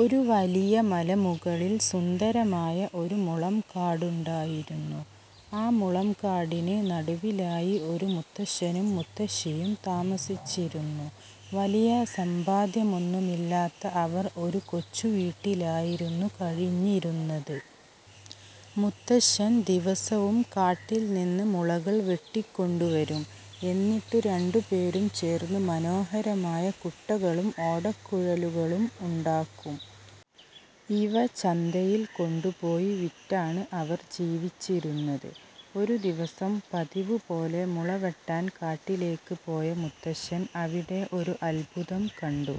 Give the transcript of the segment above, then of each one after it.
ഒരു വലിയ മലമുകളിൽ സുന്ദരമായ ഒരു മുളംകാടുണ്ടായിരുന്നു. ആ മുളംകാടിന് നടുവിലായി ഒരു മുത്തശ്ശനും മുത്തശ്ശിയും താമസിച്ചിരുന്നു. വലിയ സമ്പാദ്യമൊന്നുമില്ലാത്ത അവർ ഒരു കൊച്ചു വീട്ടിലായിരുന്നു കഴിഞ്ഞിരുന്നത്. മുത്തശ്ശൻ ദിവസവും കാട്ടിൽ നിന്ന് മുളകൾ വെട്ടിക്കൊണ്ടുവരും. എന്നിട്ട് രണ്ടുപേരും ചേർന്ന് മനോഹരമായ കുട്ടകളും ഓടക്കുഴലുകളും ഉണ്ടാക്കും. ഇവ ചന്തയിൽ കൊണ്ടുപോയി വിറ്റാണ് അവർ ജീവിച്ചിരുന്നത്. ഒരു ദിവസം പതിവു പോലെ മുള വെട്ടാൻ കാട്ടിലേക്ക് പോയ മുത്തശ്ശൻ അവിടെ ഒരു അത്ഭുതം കണ്ടു.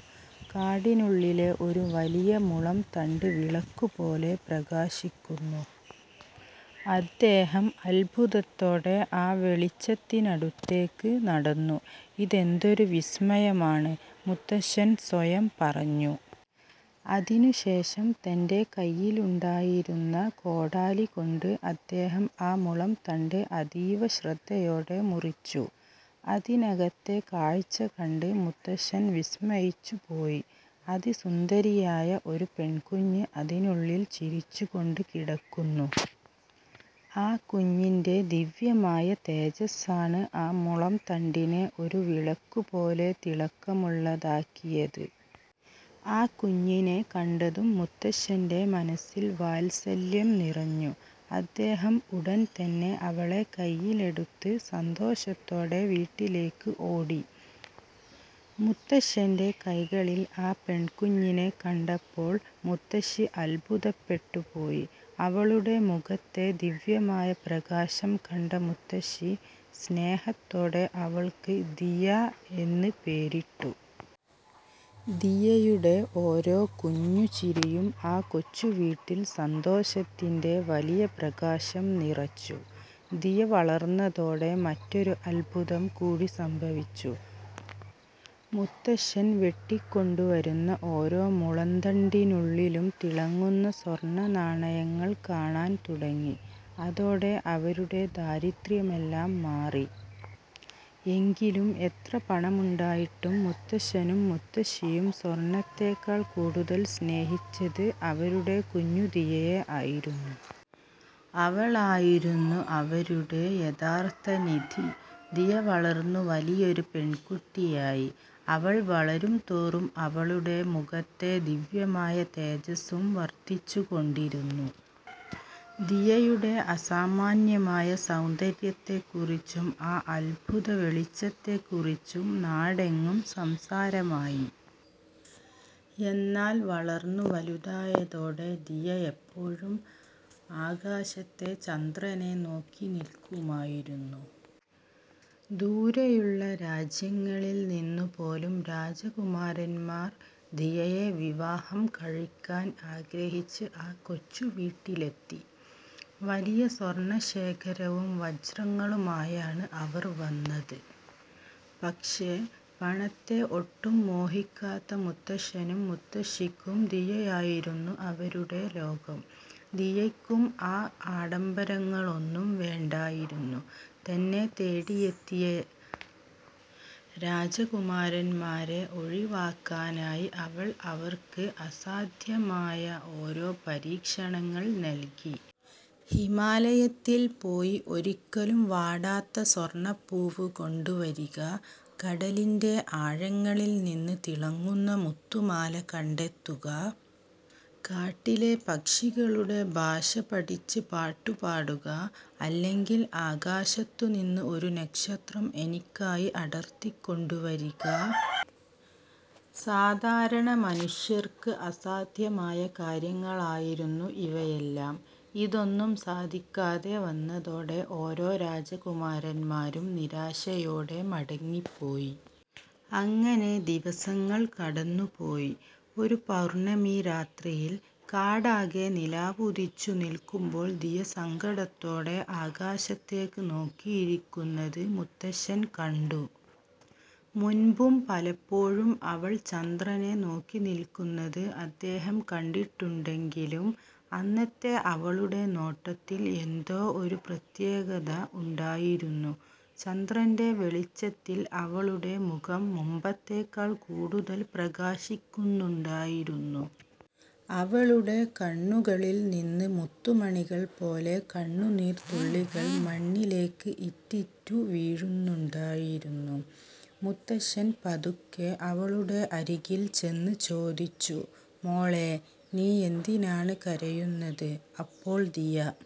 കാടിനുള്ളിലെ ഒരു വലിയ മുളംതണ്ട് വിളക്കുപോലെ പ്രകാശിക്കുന്നു. അദ്ദേഹം അത്ഭുതത്തോടെ ആ വെളിച്ചത്തിനടുത്തേക്ക് നടന്നു. "ഇതെന്തൊരു വിസ്മയമാണ്! " മുത്തശ്ശൻ സ്വയം പറഞ്ഞു. അതിനു ശേഷം തന്റെ കയ്യിലുണ്ടായിരുന്ന കോടാലി കൊണ്ട് അദ്ദേഹം ആ മുളംതണ്ട് അതീവ ശ്രദ്ധയോടെ മുറിച്ചു. അതിനകത്തെ കാഴ്ച കണ്ട് മുത്തശ്ശൻ വിസ്മയിച്ചു പോയി. അതിസുന്ദരിയായ ഒരു പെൺകുഞ്ഞ് അതിനുള്ളിൽ ചിരിച്ചുകൊണ്ട് കിടക്കുന്നു. ആ കുഞ്ഞിന്റെ ദിവ്യമായ തേജസ്സാണ് ആ മുളംതണ്ടിനെ ഒരു വിളക്കു പോലെ തിളക്കമുള്ളതാക്കിയത്. ആ കുഞ്ഞിനെ കണ്ടതും മുത്തശ്ശന്റെ മനസ്സിൽ വാത്സല്യം നിറഞ്ഞു. അദ്ദേഹം ഉടൻതന്നെ അവളെ കൈയിലെടുത്ത് സന്തോഷത്തോടെ വീട്ടിലേക്ക് ഓടി. മുത്തശ്ശന്റെ കൈകളിൽ ആ പെൺകുഞ്ഞിനെ കണ്ടപ്പോൾ മുത്തശ്ശി അത്ഭുതപ്പെട്ടു പോയി. അവളുടെ മുഖത്തെ ദിവ്യമായ പ്രകാശം കണ്ട മുത്തശ്ശി, സ്നേഹത്തോടെ അവൾക്ക് 'ദിയ' എന്ന് പേരിട്ടു. ദിയയുടെ ഓരോ കുഞ്ഞുചിരിയും ആ കൊച്ചു വീട്ടിൽ സന്തോഷത്തിന്റെ വലിയ പ്രകാശം നിറച്ചു. ദിയ വളർന്നതോടെ മറ്റൊരു അത്ഭുതം കൂടി സംഭവിച്ചു. മുത്തശ്ശൻ വെട്ടിക്കൊണ്ടുവരുന്ന ഓരോ മുളന്തണ്ടിനുള്ളിലും തിളങ്ങുന്ന സ്വർണനാണയങ്ങൾ കാണാൻ തുടങ്ങി! അതോടെ അവരുടെ ദാരിദ്ര്യമെല്ലാം മാറി. എങ്കിലും എത്ര പണമുണ്ടായിട്ടും മുത്തശ്ശനും മുത്തശ്ശിയും സ്വർണത്തേക്കാൾ കൂടുതൽ സ്നേഹിച്ചത് അവരുടെ കുഞ്ഞു ദിയയെ ആയിരുന്നു. അവളായിരുന്നു അവരുടെ യഥാർത്ഥ നിധി. ദിയ വളർന്നു വലിയൊരു പെൺകുട്ടിയായി. അവൾ വളരും തോറും അവളുടെ മുഖത്തെ ദിവ്യമായ തേജസ്സും വർദ്ധിച്ചു കൊണ്ടിരുന്നു. ദിയയുടെ അസാമാന്യമായ സൗന്ദര്യത്തെക്കുറിച്ചും ആ അത്ഭുത വെളിച്ചത്തെക്കുറിച്ചും നാടെങ്ങും സംസാരമായി. എന്നാൽ വളർന്നു വലുതായതോടെ ദിയ എപ്പോഴും ആകാശത്തെ ചന്ദ്രനെ നോക്കി നിൽക്കുമായിരുന്നു. ദൂരെയുള്ള രാജ്യങ്ങളിൽ നിന്നു പോലും രാജകുമാരന്മാർ ദിയയെ വിവാഹം കഴിക്കാൻ ആഗ്രഹിച്ച് ആ കൊച്ചു വീട്ടിലെത്തി. വലിയ സ്വർണ്ണശേഖരവും വജ്രങ്ങളുമായാണ് അവർ വന്നത്. പക്ഷേ, പണത്തെ ഒട്ടും മോഹിക്കാത്ത മുത്തശ്ശനും മുത്തശ്ശിക്കും ദിയയായിരുന്നു അവരുടെ ലോകം. ദിയയ്ക്കും ആ ആഡംബരങ്ങളൊന്നും വേണ്ടായിരുന്നു. തന്നെ തേടിയെത്തിയ രാജകുമാരന്മാരെ ഒഴിവാക്കാനായി അവൾ അവർക്ക് അസാധ്യമായ ഓരോ പരീക്ഷണങ്ങൾ നൽകി. "ഹിമാലയത്തിൽ പോയി ഒരിക്കലും വാടാത്ത സ്വർണ്ണപ്പൂവ് കൊണ്ടുവരിക, കടലിന്റെ ആഴങ്ങളിൽ നിന്ന് തിളങ്ങുന്ന മുത്തുമാല കണ്ടെത്തുക, കാട്ടിലെ പക്ഷികളുടെ ഭാഷ പഠിച്ച് പാട്ടുപാടുക, അല്ലെങ്കിൽ ആകാശത്തു നിന്ന് ഒരു നക്ഷത്രം എനിക്കായി അടർത്തി കൊണ്ടു വരിക. " സാധാരണ മനുഷ്യർക്ക് അസാധ്യമായ കാര്യങ്ങളായിരുന്നു ഇവയെല്ലാം. ഇതൊന്നും സാധിക്കാതെ വന്നതോടെ ഓരോ രാജകുമാരന്മാരും നിരാശയോടെ മടങ്ങിപ്പോയി. അങ്ങനെ ദിവസങ്ങൾ കടന്നു പോയി. ഒരു പൗർണമി രാത്രിയിൽ, കാടാകെ നിലാവുദിച്ചു നിൽക്കുമ്പോൾ ദിയ സങ്കടത്തോടെ ആകാശത്തേക്ക് നോക്കിയിരിക്കുന്നത് മുത്തശ്ശൻ കണ്ടു. മുൻപും പലപ്പോഴും അവൾ ചന്ദ്രനെ നോക്കി നിൽക്കുന്നത് അദ്ദേഹം കണ്ടിട്ടുണ്ടെങ്കിലും, അന്നത്തെ അവളുടെ നോട്ടത്തിൽ എന്തോ ഒരു പ്രത്യേകത ഉണ്ടായിരുന്നു. ചന്ദ്രന്റെ വെളിച്ചത്തിൽ അവളുടെ മുഖം മുമ്പത്തേക്കാൾ കൂടുതൽ പ്രകാശിക്കുന്നുണ്ടായിരുന്നു. അവളുടെ കണ്ണുകളിൽ നിന്ന് മുത്തുമണികൾ പോലെ കണ്ണുനീർ തുള്ളികൾ മണ്ണിലേക്ക് ഇറ്റിറ്റു വീഴുന്നുണ്ടായിരുന്നു. മുത്തശ്ശൻ പതുക്കെ അവളുടെ അരികിൽ ചെന്ന് ചോദിച്ചു: "മോളേ, നീ എന്തിനാണ് കരയുന്നത്? " അപ്പോൾ ദിയ